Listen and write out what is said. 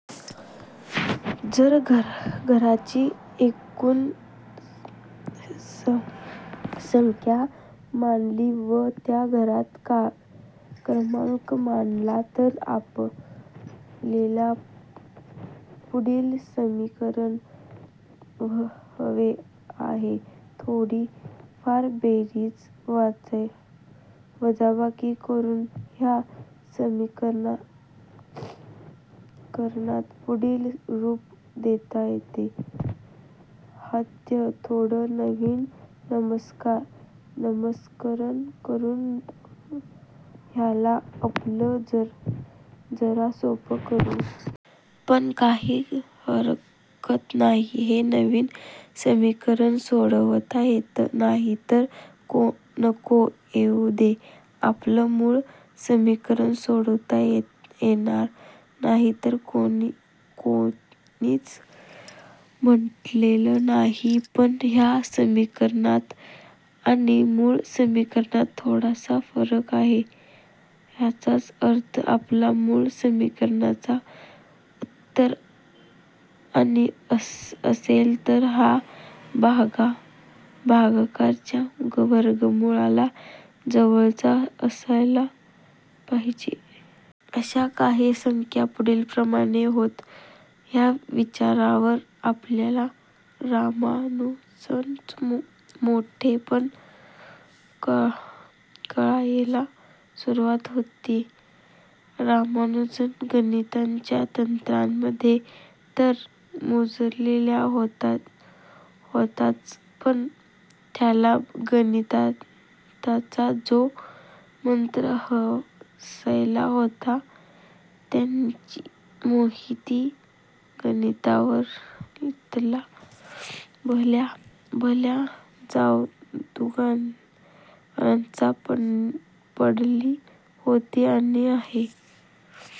–जर घरांची एकूण संख्या मानली, व त्या घराचा क्रमांक मानला, तर आपल्याला पुढील समीकरण हवे आहे -थोडीफार बेरीज-वजाबाकी करून ह्या समीकरणास पुढील रूप देता येते -ह्यात थोडं नवीन नामकरण करून ह्याला आपण जरा सोपं करू. पण काही हरकत नाही! हे नवीन समीकरण सोडवता येत नाही तर नको येऊ दे! आपलं मूळ समीकरण सोडवता येणार नाही, असं कोणीच म्हटलेलं नाही. पण ह्या समीकरणात आणि मूळ समीकरणात थोडासाच फरक आहे, ह्याचाच अर्थ आपल्या मूळ समीकरणाचं उत्तर आणि असेल, तर हा भागाकार च्या वर्गमूळाच्या जवळचा असला पाहिजे! अश्या काही संख्या पुढीलप्रमाणे होत -, ह्या विचारावर आपल्याला रामानुजनचं मोठेपण कळायला सुरवात होते. रामानुजन गणिताच्या तंत्रामध्ये तर मुरलेला होताच, पण त्याला गणिताचा जो मंत्र गवसला होता, त्याची मोहिनी गणितातल्या भल्याभल्या जादूगारांना पडली होती आणि आहे.